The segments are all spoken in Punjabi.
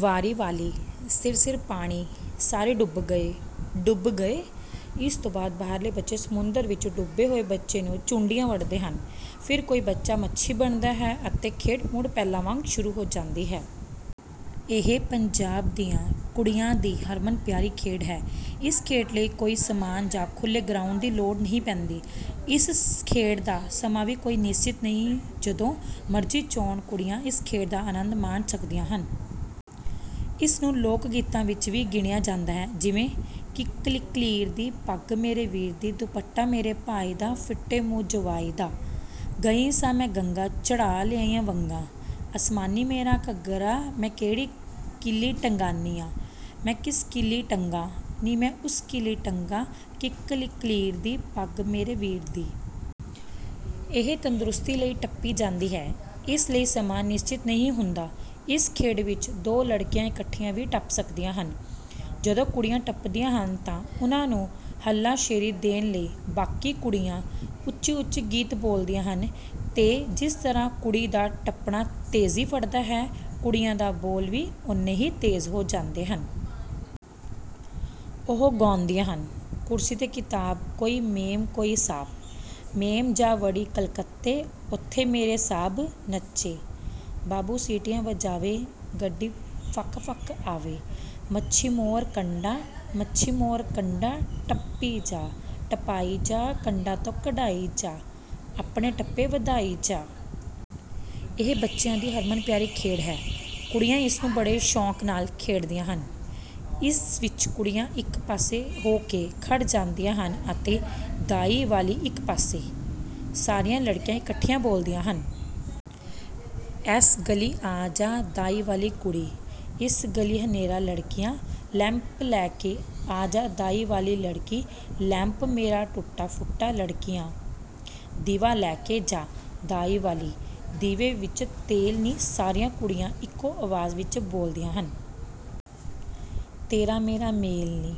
ਵਾਰੀ ਵਾਲ਼ੀ: ਸਿਰ ਸਿਰ ਪਾਣੀ। ਸਾਰੇ: ਡੁੱਬ ਗਏ! ਡੁੱਬ ਗਏ। ਇਸ ਤੋਂ ਬਾਅਦ ਬਾਹਰਲੇ ਬੱਚੇ ਸਮੁੰਦਰ ਵਿੱਚ ਡੁੱਬੇ ਹੋਏ ਬੱਚੇ ਨੂੰ ਚੂੰਡੀਆਂ ਵੱਢਦੇ ਹਨ। ਫਿਰ ਕੋਈ ਬੱਚਾ ਮੱਛੀ ਬਣਦਾ ਹੈ ਅਤੇ ਖੇਡ ਮੁੜ ਪਹਿਲਾਂ ਵਾਂਗ ਸ਼ੁਰੂ ਹੋ ਜਾਂਦੀ ਹੈ। ਇਹ ਪੰਜਾਬ ਦੀਆਂ ਕੁੜੀਆਂ ਦੀ ਹਰਮਨ ਪਿਆਰੀ ਖੇਡ ਹੈ। ਇਸ ਖੇਡ ਲਈ ਕੋਈ ਸਮਾਨ ਜਾਂ ਖੁੱਲ੍ਹੇ ਗਰਾਉਂਡ ਦੀ ਲੋੜ ਨਹੀਂ ਪੈਂਦੀ। ਇਸ ਖੇਡ ਦਾ ਸਮਾਂ ਵੀ ਕੋਈ ਨਿਸ਼ਚਿਤ ਨਹੀਂ ਜਦੋਂ ਮਰਜ਼ੀ ਚਾਹੁਣ ਕੁੜੀਆਂ ਇਸ ਖੇਡ ਦਾ ਅਨੰਦ ਮਾਣ ਸਕਦੀਆਂ ਹਨ। ਇਸ ਨੂੰ ਲੋਕ-ਗੀਤਾਂ ਵਿੱਚ ਵੀ ਗਿਣਿਆ ਜਾਂਦਾ ਹੈ ਜਿਵੇਂ: ਕਿੱਕਲੀ ਕਲੀਰ ਦੀ, ਪੱਗ ਮੇਰੇ ਵੀਰ ਦੀ ਦੁਪੱਟਾ ਮੇਰੇ ਭਾਈ ਦਾ, ਫਿੱਟੇ ਮੂੰਹ ਜਵਾਈ ਦਾ ਗਈ ਸਾਂ ਮੈਂ ਗੰਗਾ ਚੜ੍ਹਾ ਲਿਆਈ ਵੰਗਾਂ ਅਸਮਾਨੀ ਮੇਰਾ ਘੱਗਰਾ, ਮੈਂ ਕਿਹੜੀ ਕਿੱਲੀ ਟੰਗਾਂਨੀ ਮੈਂ ਇਸ ਕਿੱਲੀ ਟੰਗਾਂ, ਨੀ ਮੈਂ ਉਸ ਕਿੱਲੀ ਟੰਗਾਂ ਕਿੱਕਲੀ ਕਲੀਰ ਦੀ ਪੱਗ ਮੇਰੇ ਵੀਰ ਦੀ। ਇਹ ਤੰਦਰੁਸਤੀ ਲਈ ਟੱਪੀ ਜਾਂਦੀ ਹੈ। ਇਸ ਲਈ ਸਮਾਂ ਨਿਸ਼ਚਿਤ ਨਹੀਂ ਹੁੰਦਾ। ਇਸ ਖੇਡ ਵਿੱਚ ਦੋ ਲੜਕੀਆਂ ਇਕੱਠੀਆਂ ਵੀ ਟੱਪ ਸਕਦੀਆਂ ਹਨ। ਜਦੋਂ ਕੁੜੀਆਂ ਟੱਪਦੀਆਂ ਹਨ ਤਾਂ ਉਨ੍ਹਾਂ ਨੂੰ ਹਲਾਸ਼ੇਰੀ ਦੇਣ ਲਈ ਬਾਕੀ ਕੁੜੀਆਂ ਉੱਚੀ ਉੱਚੀ ਗੀਤ ਬੋਲਦੀਆਂ ਹਨ ਤੇ ਜਿਸ ਤਰ੍ਹਾਂ ਕੁੜੀ ਦਾ ਟੱਪਣਾ ਤੇਜ਼ੀ ਫੜਦਾ ਹੈ, ਕੁੜੀਆਂ ਦਾ ਬੋਲ ਵੀ ਓਨ੍ਹੇ ਹੀ ਤੇਜ਼ ਹੋ ਜਾਂਦੇ ਹਨ। ਉਹ ਗਾਉਂਦੀਆਂ ਹਨ: ਕੁਰਸੀ ਤੇ ਕਿਤਾਬ ਕੋਈ ਮੇਮ ਕੋਈ ਸਾਹਬ, ਮੇਮ ਜਾ ਵੜੀ ਕਲਕੱਤੇ ਉੱਥੇ ਮੇਰਾ ਸਾਹਬ ਨੱਚੇ, ਬਾਬੂ ਸੀਟੀਆਂ ਵਜਾਵੇ ਗੱਡੀ ਫੱਕ ਫੱਕ ਆਵੇ, ਮੱਛੀ ਮੋਰ ਕੰਡਾ, ਮੱਛੀ ਮੋਰ ਕੰਡਾ ਟੱਪੀ ਜਾ, ਟਪਾਈ ਜਾ ਕੰਡਾ ਤੋਂ ਕਢਾਈ ਜਾ, ਆਪਣੇ ਟੱਪੇ ਵਧਾਈ ਜਾ। ਇਹ ਬੱਚਿਆਂ ਦੀ ਹਰਮਨ ਪਿਆਰੀ ਖੇਡ ਹੈ। ਕੁੜੀਆਂ ਇਸ ਨੂੰ ਬੜੇ ਸ਼ੌਕ ਨਾਲ ਖੇਡਦੀਆਂ ਹਨ। ਇਸ ਵਿੱਚ ਕੁੜੀਆਂ ਇੱਕ ਪਾਸੇ ਹੋ ਕੇ ਖੜ ਜਾਂਦੀਆਂ ਹਨ ਅਤੇ ਦਾਈ ਵਾਲੀ ਇੱਕ ਪਾਸੇ। ਸਾਰੀਆਂ ਲੜਕੀਆਂ ਇਕੱਠੀਆਂ ਬੋਲਦੀਆਂ ਹਨ। ਐਸ ਗਲੀ ਆ ਜਾ ਦਾਈ ਵਾਲੀ ਕੁੜੀ, ਏਸ ਗਲੀ ਹਨੇਰਾ ਲੜਕੀਆਂ, ਲੈਂਪ ਲੈ ਕੇ ਆਜਾ ਦਾਈ ਵਾਲੀ ਲੜਕੀ, ਲੈਂਪ ਮੇਰਾ ਟੁੱਟਾ ਫੁੱਟਾ ਲੜਕੀਆਂ, ਦੀਵਾ ਲੈ ਕੇ ਜਾ ਦਾਈ ਵਾਲੀ, ਦੀਵੇ ਵਿੱਚ ਤੇਲ ਨੀ ਸਾਰੀਆਂ ਕੁੜੀਆਂ ਇੱਕੋ ਆਵਾਜ਼ ਵਿੱਚ ਬੋਲਦੀਆਂ ਹਨ। ਤੇਰਾ ਮੇਰਾ ਮੇਲ ਨੀ।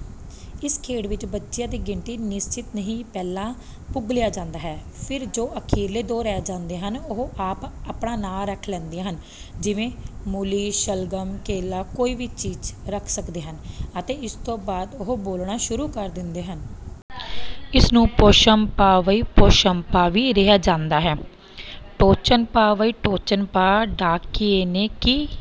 ਇਸ ਖੇਡ ਵਿੱਚ ਬੱਚਿਆਂ ਦੀ ਗਿਣਤੀ ਨਿਸਚਿਤ ਨਹੀਂ, ਪਹਿਲਾਂ ਪੁੱਗ ਲਿਆ ਜਾਂਦਾ ਹੈ ਫਿਰ ਜੋ ਅਖੀਰਲੇ ਦੋ ਰਹਿ ਜਾਂਦੇ ਹਨ ਉਹ ਆਪ ਆਪਣਾ ਨਾ ਰੱਖ ਲੈਂਦੀਆਂ ਹਨ ਜਿਵੇਂ ਮੂਲ਼ੀ, ਸ਼ਲਗਮ, ਕੇਲਾ ਕੋਈ ਵੀ ਚੀਜ਼ ਰੱਖ ਸਕਦੇ ਹਨ ਅਤੇ ਇਸ ਤੋਂ ਬਾਅਦ ਉਹ ਬੋਲਣਾ ਸ਼ੁਰੂ ਕਰ ਦਿੰਦੇ ਹਨ। ਇਸਨੂੰ ਪੋਸ਼ਮਪਾ ਵਈ ਪੋਸ਼ਮਪਾ ਵੀ ਰਿਹਾ ਜਾਂਦਾ ਹੈ। ਟੋਚਨ ਪਾ ਵਈ ਟੋਚਨ ਪਾ ਡਾਕੀਏ ਨੇ ਕੀ